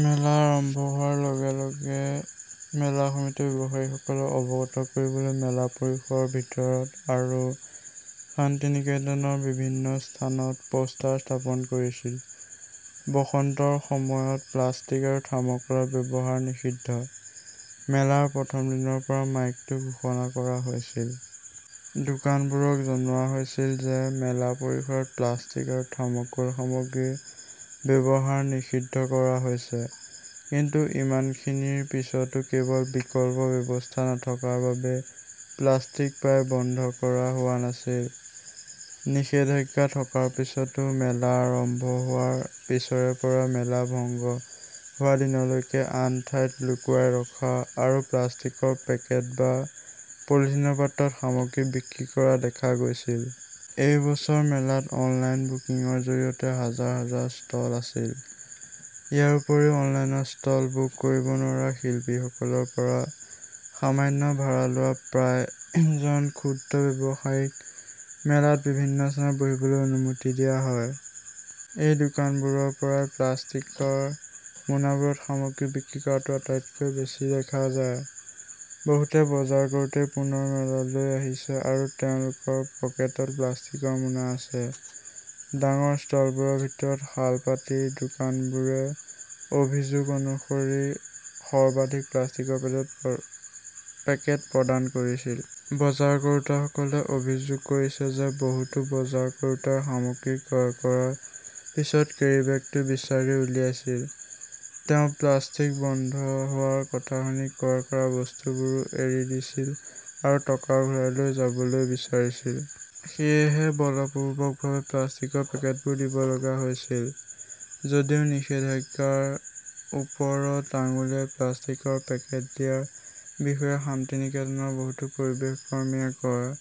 মেলা আৰম্ভ হোৱাৰ লগে লগে মেলা সমিতিয়ে ব্যৱসায়ীসকলক অৱগত কৰিবলৈ মেলা পৰিসৰৰ ভিতৰত আৰু শান্তিনিকেতনৰ বিভিন্ন স্থানত পোষ্টাৰ স্থাপন কৰিছিল বসন্তৰ সময়ত প্লাষ্টিক আৰু থাৰ্মকলৰ ব্যৱহাৰ নিষিদ্ধ। মেলাৰ প্ৰথম দিনৰ পৰাই মাইকটো ঘোষণা কৰা হৈছিল। দোকানবোৰক জনোৱা হৈছিল যে মেলা পৰিসৰত প্লাষ্টিক আৰু থাৰ্মকল সামগ্ৰীৰ ব্যৱহাৰ নিষিদ্ধ কৰা হৈছে। কিন্তু ইমানখিনিৰ পিছতো কেৱল বিকল্প ব্যৱস্থা নথকাৰ বাবেই প্লাষ্টিক প্ৰায় বন্ধ কৰা হোৱা নাছিল। নিষেধাজ্ঞা থকাৰ পিছতো মেলা আৰম্ভ হোৱাৰ পিছৰে পৰা মেলা ভংগ হোৱা দিনলৈকে আন ঠাইত লুকুৱাই ৰখা আৰু প্লাষ্টিকৰ পেকেট বা পলিথিনৰ পাত্ৰত সামগ্ৰী বিক্ৰী হোৱা দেখা গৈছিল। এই বছৰ মেলাত অনলাইন বুকিংৰ জৰিয়তে হাজাৰ হাজাৰ ষ্টল আছিল। ইয়াৰ উপৰিও, অনলাইনত ষ্টল বুক কৰিব নোৱাৰা শিল্পীসকলৰ পৰা সামান্য ভাড়া লোৱা প্ৰায় জন ক্ষুদ্ৰ ব্যৱসায়ীক মেলাত বিভিন্ন স্থানত বহিবলৈ অনুমতি দিয়া হয়। এই দোকানবোৰৰ পৰাই প্লাষ্টিকৰ মোনাবোৰত সামগ্ৰী বিক্ৰী কৰাটো আটাইতকৈ বেছি দেখা যায়। বহুতো বজাৰ কৰোঁতাই পুনৰ মেলালৈ আহিছে আৰু তেওঁলোকৰ পকেটত প্লাষ্টিকৰ মোনা আছে। ডাঙৰ ষ্টলবোৰৰ ভিতৰত শালপাটিৰ দোকানবোৰে অভিযোগ অনুসৰি সৰ্বাধিক প্লাষ্টিকৰ পেকেট প্ৰদান কৰিছিল। বজাৰ কৰোঁতাসকলে অভিযোগ কৰিছে যে বহুতো বজাৰ কৰোঁতাই সামগ্ৰী ক্ৰয় কৰাৰ পিছত কেৰী বেগটো বিচাৰি উলিয়াইছিল। তেওঁ প্লাষ্টিক বন্ধ হোৱাৰ কথা শুনি ক্ৰয় কৰা বস্তুবোৰো এৰি দিছিল আৰু টকা ঘূৰাই লৈ যাবলৈ বিচাৰিছিল। সেয়েহে বলপূৰ্বকভাৱে প্লাষ্টিকৰ পেকেটবোৰ দিব লগা হৈছিল। যদিও নিষেধাজ্ঞাৰ ওপৰত আঙুলিয়াই প্লাষ্টিকৰ পেকেট দিয়াৰ বিষয়ে শান্তিনিকেতনৰ বহুতো পৰিৱেশ কৰ্মীয়ে কয়,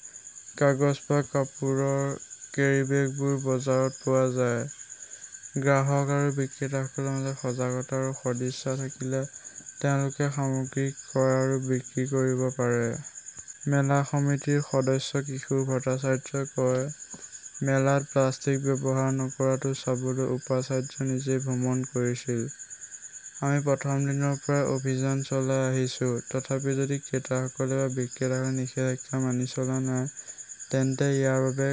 কাগজ বা কাপোৰৰ কেৰি বেগবোৰো বজাৰত পোৱা যায়। গ্ৰাহক আৰু বিক্ৰেতাসকলৰ মাজত সজাগতা আৰু সদিচ্ছা থাকিলে তেওঁলোকে সামগ্ৰী ক্ৰয় আৰু বিক্ৰী কৰিব পাৰে। মেলা সমিতিৰ সদস্য কিশোৰ ভট্টাচাৰ্যই কয়, মেলাত প্লাষ্টিক ব্যৱহাৰ নকৰাটো চাবলৈ উপাচাৰ্য নিজেই ভ্ৰমণ কৰিছিল। আমি প্ৰথম দিনৰ পৰাই অভিযান চলাই আহিছো। তথাপিও যদি ক্ৰেতাসকলে বা বিক্ৰেতাসকলে নিষেধাজ্ঞা মানি চলা নাই, তেন্তে ইয়াৰ বাবে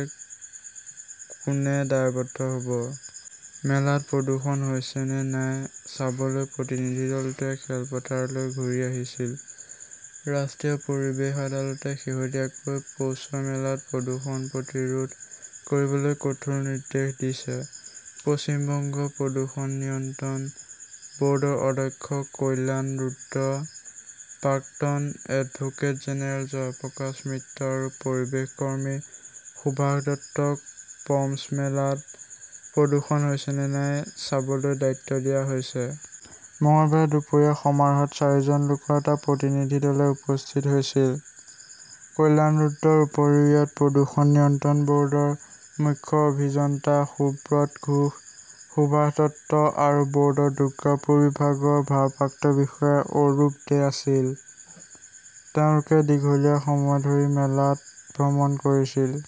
কোনে দায়বদ্ধ হব? মেলাত প্ৰদূষণ হৈছে নে নাই চাবলৈ প্ৰতিনিধি দলটোৱে খেলপথাৰলৈ ঘূৰি আহিছিল ৰাষ্ট্ৰীয় পৰিৱেশ আদালতে শেহতীয়াকৈ পৌছমেলাত প্ৰদূষণ প্ৰতিৰোধ কৰিবলৈ কঠোৰ নিৰ্দেশ দিছে। পশ্চিম বংগ প্ৰদূষণ নিয়ন্ত্ৰণ ব'ৰ্ডৰ অধ্যক্ষ কল্যাণ ৰুদ্ৰ, প্ৰাক্তন এডভোকেট জেনেৰেল জয়প্ৰকাশ মিত্ৰা আৰু পৰিৱেশ কৰ্মী সুভাষ দত্তক পমছমেলাত প্ৰদূষণ হৈছে নে নাই চাবলৈ দায়িত্ব দিয়া হৈছে। মঙলবাৰে দুপৰীয়া সমাৰোহত চাৰিজন লোকৰ এটা প্ৰতিনিধি দলে উপস্থিত হৈছিল। কল্যাণ ৰুদ্ৰৰ উপৰিও ইয়াত প্ৰদূষণ নিয়ন্ত্ৰণ বৰ্ডৰ মুখ্য অভিযন্তা সুব্ৰত ঘোষ, সুভাষ দত্ত আৰু বৰ্ডৰ দুৰ্গাপুৰ বিভাগৰ ভাৰপ্ৰাপ্ত বিষয়া অৰূপ দে আছিল। তেওঁলোকে দীঘলীয়া সময় ধৰি মেলাটো ভ্ৰমণ কৰিছিল।